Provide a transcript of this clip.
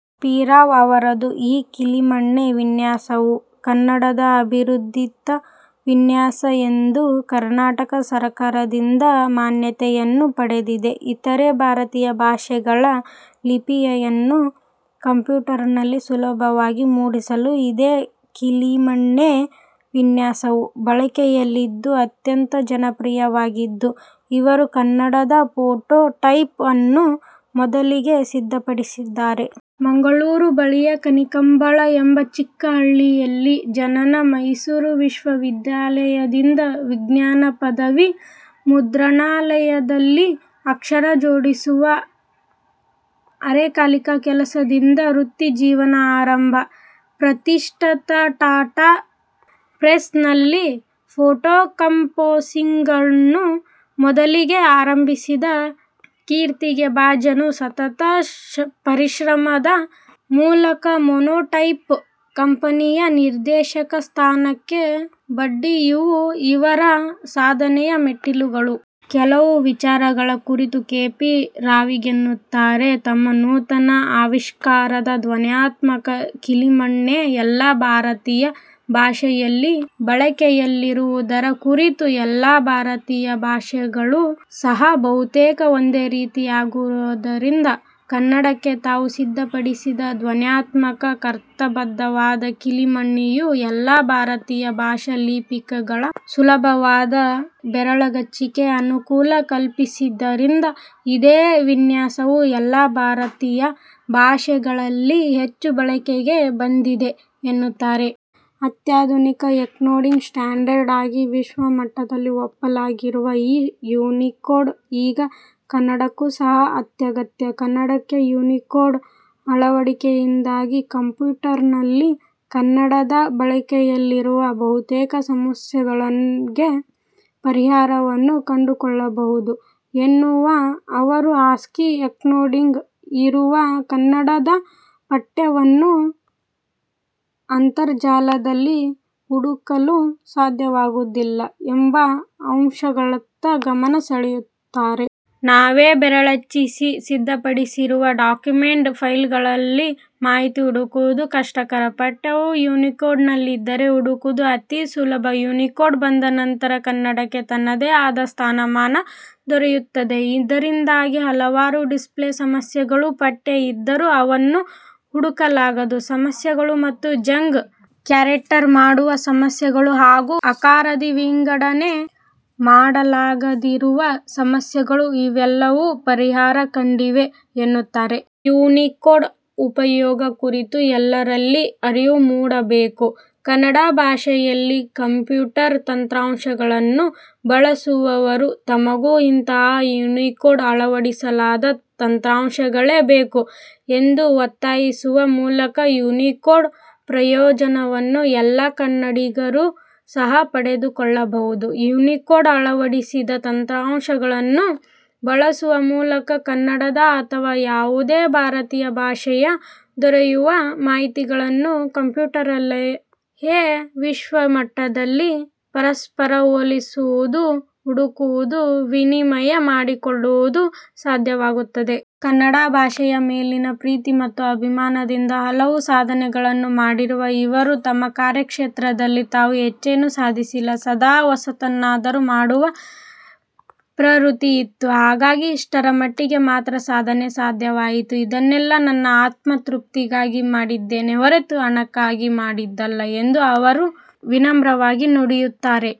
P Rao ರವರದು. ಈ ಕೀಲಿಮಣೆ ವಿನ್ಯಾಸವು ಕನ್ನಡದ ಅಧಿಕೃತ ವಿನ್ಯಾಸ ಎಂದು ಕರ್ನಾಟಕ ಸರಕಾರದಿಂದ ಮಾನ್ಯತೆಯನ್ನು ಪಡೆದಿದೆ. ಇತರೆ ಭಾರತೀಯ ಭಾಷೆಗಳ ಲಿಪಿಯನ್ನು ಕಂಪ್ಯೂಟರ್ನಲ್ಲಿ ಸುಲಭವಾಗಿ ಮೂಡಿಸಲು ಇದೇ ಕೀಲಿಮಣೆ ವಿನ್ಯಾಸವು ಬಳಕೆಯಲ್ಲಿದ್ದು ಅತ್ಯಂತ ಜನಪ್ರಿಯವಾಗಿದೆ. ಇವರು ಕನ್ನಡದ ಫೋಟೋಟೈಪ್ ನನ್ನು ಮೊದಲಿಗೆ ಸಿದ್ಧಪಡಿಸಿದ್ದಾರೆ. ಮಂಗಳೂರು ಬಳಿಯ ಕನ್ನಿಕಂಬಳ ಎಂಬ ಚಿಕ್ಕಹಳ್ಳಿಯಲ್ಲಿ ಜನನ. ಮೈಸೂರು ವಿಶ್ವ ವಿದ್ಯಾಲಯದಿಂದ ವಿಜ್ಞಾನ ಪದವಿ. ಮುದ್ರಣಾಲಯದಲ್ಲಿ ಅಕ್ಷರ ಜೋಡಿಸುವ ಅರೆಕಾಲಿಕ ಕೆಲಸದಿಂದ ವೃತ್ತಿಜೀವನ ಆರಂಭ. ಪ್ರತಿಷ್ಠಿತ ಟಾಟಾ ಪ್ರೆಸ್ನಲ್ಲಿ ಫೋಟೋಕಂಪೋಸಿಂಗನ್ನು ಮೊದಲಿಗೆ ಆರಂಭಿಸಿದ ಕೀರ್ತಿಗೆ ಭಾಜನ. ಸತತ ಪರಿಶ್ರಮದ ಮೂಲಕ ಮೊನೋಟೈಪ್ ಕಂಪನಿಯ ನಿರ್ದೇಶಕ ಸ್ಥಾನಕ್ಕೆ ಬಡ್ತಿ ಇವು ಅವರ ಸಾಧನೆಯ ಮೆಟ್ಟಿಲುಗಳು. ಕೆಲವು ವಿಚಾರಗಳ ಕುರಿತು ಕೆ. ಪಿ ರಾವ್ಹೀಗೆನ್ನುತ್ತಾರೆ ತಮ್ಮ ನೂತನ ಆವಿಷ್ಕಾರವಾದ ಧ್ವನ್ಯಾತ್ಮಕ ಕೀಲಿಮಣೆ ಎಲ್ಲ ಭಾರತೀಯ ಭಾಷೆಯಲ್ಲಿ ಬಳಕೆಯಲ್ಲಿರುವುದರ ಕುರಿತು ಎಲ್ಲಾ ಭಾರತೀಯ ಭಾಷೆಗಳೂ ಸಹ ಬಹುತೇಕ ಒಂದೇ ರೀತಿಯಾಗಿರುವುದರಿಂದ ಕನ್ನಡಕ್ಕೆ ತಾವು ಸಿದ್ಧಪಡಿಸಿದ ಧ್ವನ್ಯಾತ್ಮಕ, ತರ್ಕಬದ್ಧವಾದ ಕೀಲಿಮಣೆಯು ಎಲ್ಲಾ ಭಾರತೀಯ ಭಾಷಾ ಲಿಪಿಗಳ ಸುಲಭವಾದ ಬೆರಳಚ್ಚಿಗೆ ಅನುಕೂಲ ಕಲ್ಪಿಸಿದ್ದರಿಂದ ಇದೇ ವಿನ್ಯಾಸವು ಎಲ್ಲಾ ಭಾರತೀಯ ಭಾಷೆಗಳಲ್ಲಿ ಹೆಚ್ಚು ಬಳಕೆಗೆ ಬಂದಿದೆ ಎನ್ನುತ್ತಾರೆ. ಅತ್ಯಾಧುನಿಕ ಎನ್ಕೋಡಿಂಗ್ ಸ್ಟ್ಯಾಂಡರ್ಡ್ ಆಗಿ ವಿಶ್ವ ಮಟ್ಟದಲ್ಲಿ ಒಪ್ಪಲಾಗಿರುವ ಈ ಯುನಿಕೋಡ್ ಈಗ ಕನ್ನಡಕ್ಕೂ ಸಹ ಅತ್ಯಗತ್ಯ. ಕನ್ನಡಕ್ಕೆ ಯುನಿಕೋಡ್ನ ಅಳವಡಿಕೆಯಿಂದಾಗಿ ಕಂಪ್ಯೂಟರ್ನಲ್ಲಿ ಕನ್ನಡದ ಬಳಕೆಯಲ್ಲಿರುವ ಬಹುತೇಕ ಸಮಸ್ಯೆಗಳಿಗೆ ಪರಿಹಾರವನ್ನು ಕಂಡುಕೊಳ್ಳಬಹುದು ಎನ್ನುವ ಅವರು, ಆಸ್ಕಿ ಎನ್ಕೋಡಿಂಗ್ ಇರುವ ಕನ್ನಡದ ಪಠ್ಯವನ್ನು ಅಂತರಜಾಲದಲ್ಲಿ ಹುಡುಕಲು ಸಾಧ್ಯವಾಗುವುದಿಲ್ಲ ಎಂಬ ಅಂಶಗಳತ್ತ ಗಮನ ಸೆಳೆಯುತ್ತಾರೆ. ನಾವೇ ಬೆರಳಚ್ಚಿಸಿ ಸಿದ್ಧಪಡಿಸಿರುವ ಡಾಕ್ಯುಮೆಂಟ್ ಫೈಲ್ಗಳಲ್ಲಿ ಮಾಹಿತಿ ಹುಡುಕುವುದು ಕಷ್ಟಕರ. ಪಠ್ಯವು ಯುನಿಕೋಡ್'ನಲ್ಲಿದ್ದರೆ, ಹುಡುಕುವುದು ಅತಿ ಸುಲಭ. ಯುನಿಕೋಡ್ ಬಂದ ನಂತರ ಕನ್ನಡಕ್ಕೆ ತನ್ನದೇ ಆದ ಸ್ಥಾನ-ಮಾನ ದೊರೆತಿದೆ. ಇದರಿಂದಾಗಿ, ಹಲವಾರು ಡಿಸ್ಪ್ಲೇ ಸಮಸ್ಯೆಗಳು, ಪಠ್ಯ ಇದ್ದರೂ ಅವನ್ನು ಹುಡುಕಲಾಗದ ಸಮಸ್ಯೆಗಳು ಮತ್ತು ಜಂಕ್ ಕ್ಯಾರೆಕ್ಟರ್ ಮೂಡುವ ಸಮಸ್ಯೆಗಳು ಹಾಗೂ ಅಕಾರಾದಿ ವಿಂಗಡಣೆ ಮಾಡಲಾಗದಿರುವ ಸಮಸ್ಯೆಗಳು ಇವೆಲ್ಲವು ಪರಿಹಾರ ಕಂಡಿವೆ ಎನ್ನುತ್ತಾರೆ. ಯುನಿಕೋಡ್ನ ಉಪಯೋಗ ಕುರಿತು ಎಲ್ಲರಲ್ಲಿ ಅರಿವು ಮೂಡಬೇಕು. ಕನ್ನಡ ಭಾಷೆಯಲ್ಲಿ ಕಂಪ್ಯೂಟರ್ ತಂತ್ರಾಂಶಗಳನ್ನು ಬಳಸುವವರು ತಮಗೂ ಅಂತಹ ಯುನಿಕೋಡ್ ಅಳವಡಿಸಲಾದ ತಂತ್ರಾಂಶಗಳೇ ಬೇಕು ಎಂದು ಒತ್ತಾಯಿಸುವ ಮೂಲಕ ಯುನಿಕೋಡ್ನ ಪ್ರಯೋಜನವನ್ನು ಎಲ್ಲಾ ಕನ್ನಡಿಗರೂ ಸಹ ಪಡೆದುಕೊಳ್ಳಬಹುದು. ಯುನಿಕೋಡ್ ಅಳವಡಿಸಿದ ತಂತ್ರಾಂಶಗಳನ್ನು ಬಳಸುವ ಮೂಲಕ ಕನ್ನಡದ ಅಥವಾ ಯಾವುದೇ ಭಾರತೀಯ ಭಾಷೆಯ ದೊರೆಯುವ ಮಾಹಿತಿಗಳನ್ನು ಕಂಪ್ಯೂಟರ್ನಲ್ಲಿಯೇ ವಿಶ್ವಮಟ್ಟದಲ್ಲಿ ಪರಸ್ಪರ ಹೋಲಿಸುವುದು, ಹುಡುಕುವುದು, ವಿನಿಮಯ ಮಾಡಿಕೊಳ್ಳುವುದು ಸಾಧ್ಯವಾಗುತ್ತದೆ. ಕನ್ನಡ ಭಾಷೆಯ ಮೇಲಿನ ಪ್ರೀತಿ ಮತ್ತು ಅಭಿಮಾನದಿಂದ ಹಲವು ಸಾಧನೆಗಳನ್ನು ಮಾಡಿರುವ ಇವರು ತಮ್ಮ ಕಾರ್ಯಕ್ಷೇತ್ರದಲ್ಲಿ ತಾವು ಹೆಚ್ಚೇನೂ ಸಾಧಿಸಿಲ್ಲ, ಸದಾ ಹೊಸತೇನನ್ನಾದರೂ ಮಾಡುವ ಪ್ರವೃತ್ತಿಯಿತ್ತು. ಹಾಗಾಗಿ ಇಷ್ಟರ ಮಟ್ಟಿಗೆ ಮಾತ್ರ ಸಾಧನೆ ಸಾಧ್ಯವಾಯಿತು. ಇದನ್ನೆಲ್ಲಾ ನನ್ನ ಆತ್ಮತೃಪ್ತಿಗಾಗಿ ಮಾಡಿದ್ದೇನೆ ಹೊರತು ಹಣಕ್ಕಾಗಿ ಮಾಡಿದ್ದಲ್ಲ ಎಂದು ಅವರು ವಿನಮ್ರವಾಗಿ ನುಡಿಯುತ್ತಾರೆ.